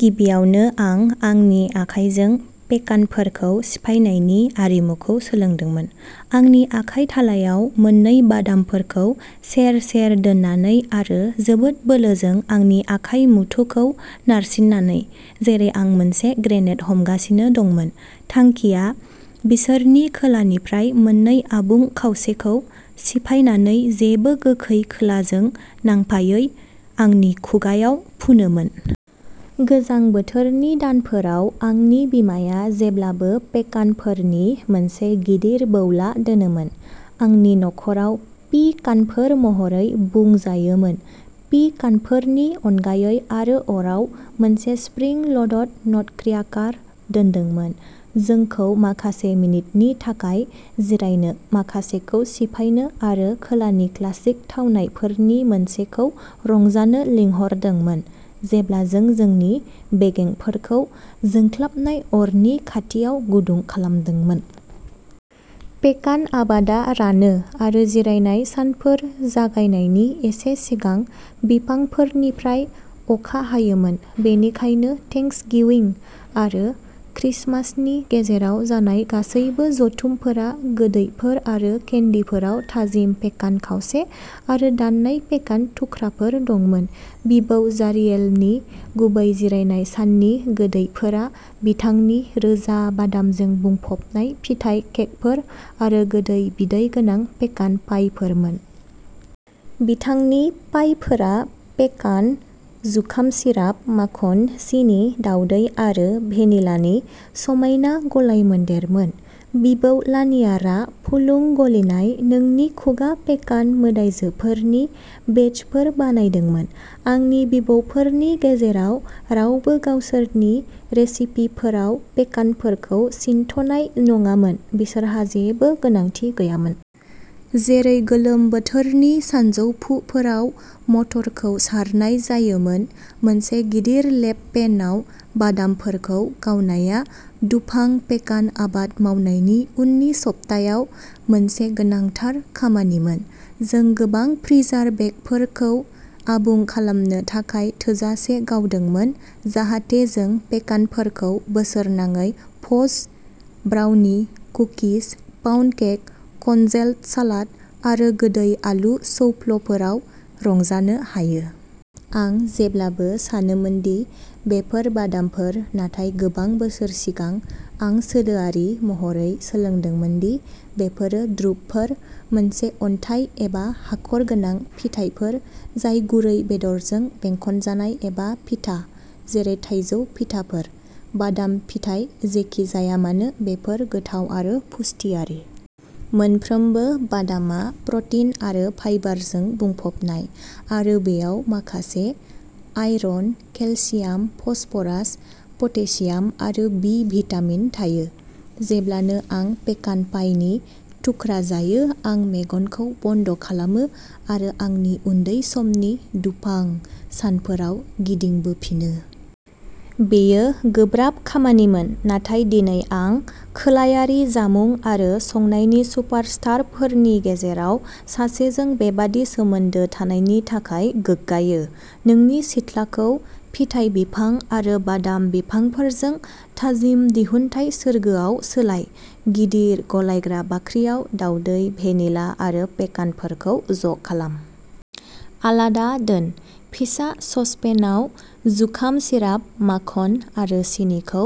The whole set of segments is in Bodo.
गिबियावनो आं आंनि आखाइजों पेकानफोरखौ सिफायनायनि आरिमुखौ सोलोंदोंमोन, आंनि आखाइ थालायाव मोननै बादामफोरखौ सेर-सेर दोननानै आरो जोबोद बोलोजों आंनि आखाइ मुथुखौ नारसिन्नानै, जेरै आं मोनसे ग्रेनेड हमगासिनो दंमोन। थांखिया बिसोरनि खोलानिफ्राय मोननै आबुं खावसेखौ सिफायनानै जेबो गोखै खोलाजों नांफायै आंनि खुगाआव फुनोमोन। गोजां बोथोरनि दानफोराव, आंनि बिमाया जेब्लाबो पेकानफोरनि मोनसे गिदिर बौला दोनोमोन। आंनि नखराव पि-कानफोर महरै बुंजायोमोन, पि-कानफोरनि अनगायै आरो अराव मोनसे स्प्रिं-ल'डड नटक्र्याकार दोनदोंमोन, जोंखौ माखासे मिनिटनि थाखाय जिरायनो, माखासेखौ सिफायनो आरो खोलानि क्लासिक थावनायफोरनि मोनसेखौ रंजानो लिंहरदोंमोन, जेब्ला जों जोंनि बेगेंफोरखौ जोंख्लाबनाय अरनि खाथियाव गुदुं खालामदोंमोन। पेकान आबादा रानो आरो जिरायनाय सानफोर जागायनायनि एसे सिगां बिफांफोरनिफ्राय अखा हायोमोन, बेनिखायनो थेंक्सगिविं आरो क्रिसमासनि गेजेराव जानाय गासैबो जथुमफोरा गोदैफोर आरो केन्डिफोराव थाजिम पेकान खावसे आरो दाननाय पेकान थुख्राफोर दंमोन। बिबौ जारियेलनि गुबै जिरायनाय साननि गोदैफोरा बिथांनि रोजा, बादामजों बुंफबनाय फिथाइ केकफोर आरो गोदै, बिदै गोनां पेकान पाइफोरमोन। बिथांनि पाइफोरा पेकान, जुखाम सिराप, माखन, सिनि, दावदै आरो भेनिलानि समायना गलायमोनदेरमोन। बिबौ लानियारआ फुलुं, गलिनाय नोंनि खुगा पेकान मोदायजोफोरनि बेचफोर बानायदोंमोन। आंनि बिबौफोरनि गेजेराव रावबो गावसोरनि रेसिपिफोराव पेकानफोरखौ सिनथ'नाय नङामोन बिसोरहा जेबो गोनांथि गैयामोन। जेरै गोलोम बोथोरनि सानजौफुफोराव मटरखौ सारनाय जायोमोन, मोनसे गिदिर लेप पेनआव बादामफोरखौ गावनाया दुफां पेकान आबाद मावनायनि उननि सप्तायाव मोनसे गोनांथार खामानिमोन। जों गोबां फ्रिजार बेगफोरखौ आबुं खालामनो थाखाय थोजासे गावदोंमोन जाहाथे जों पेकानफोरखौ बोसोरनाङै fudge, brownie, cookies, pound cake, congealed salad आरो गोदै आलु सौफ्लफोराव रंजानो हायो। आं जेब्लाबो सानोमोन दि बेफोर बादामफोर, नाथाय गोबां बोसोर सिगां, आं सोलोआरि महरै सोलोंदोंमोन दि बेफोरो द्रुपफोर मोनसे अन्थाइ एबा हाखर गोनां फिथाइफोर जाय गुरै बेदरजों बेंखनजानाय एबा फिथा, जेरै-थाइजौ फिथाफोर। बादाम, फिथाइ, जेखि जाया मानो, बेफोर गोथाव आरो पुष्टियारि। मोनफ्रोमबो बादामआ प्रटिन आरो फाइबारजों बुंफबनाय आरो बेयाव माखासे आयरन, केलसियाम, फस्फरास, पटेसियाम आरो बि भिटामिन थायो। जेब्लानो आं पेकान पाइनि थुख्रा जायो, आं मेगनखौ बन्द' खालामो आरो आंनि उन्दै समनि दुफां सानफोराव गिदिंबोफिनो। बेयो गोब्राब खामानिमोन नाथाय दिनै आं खोलायारि जामुं आरो संनायनि सुपारस्टारफोरनि गेजेराव सासेजों बेबादि सोमोन्दो थानायनि थाखाय गोग्गायो। नोंनि सिथ्लाखौ फिथाइ बिफां आरो बादाम बिफांफोरजों थाजिम दिहुनथाय सोरगोआव सोलाय। गिदिर गलायग्रा बाख्रियाव, दावदै, भेनिला आरो पेकानफोरखौ ज' खालाम। आलादा दोन। फिसा सस पेनआव जुखाम सिराप, माखन आरो सिनिखौ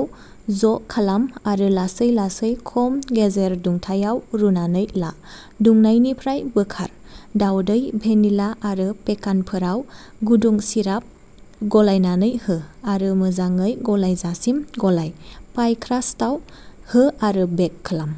ज'खालाम आरो लासै-लासै खम-गेजेर दुंथायाव रुनानै ला। दुंनायनिफ्राय बोखार। दावदै, भेनिला आरो पेकानफोराव गुदुं सिराप गलायनानै हो, आरो मोजाङै गलायजासिम गलाय। पाइ क्रास्टआव हो आरो बेक खालाम।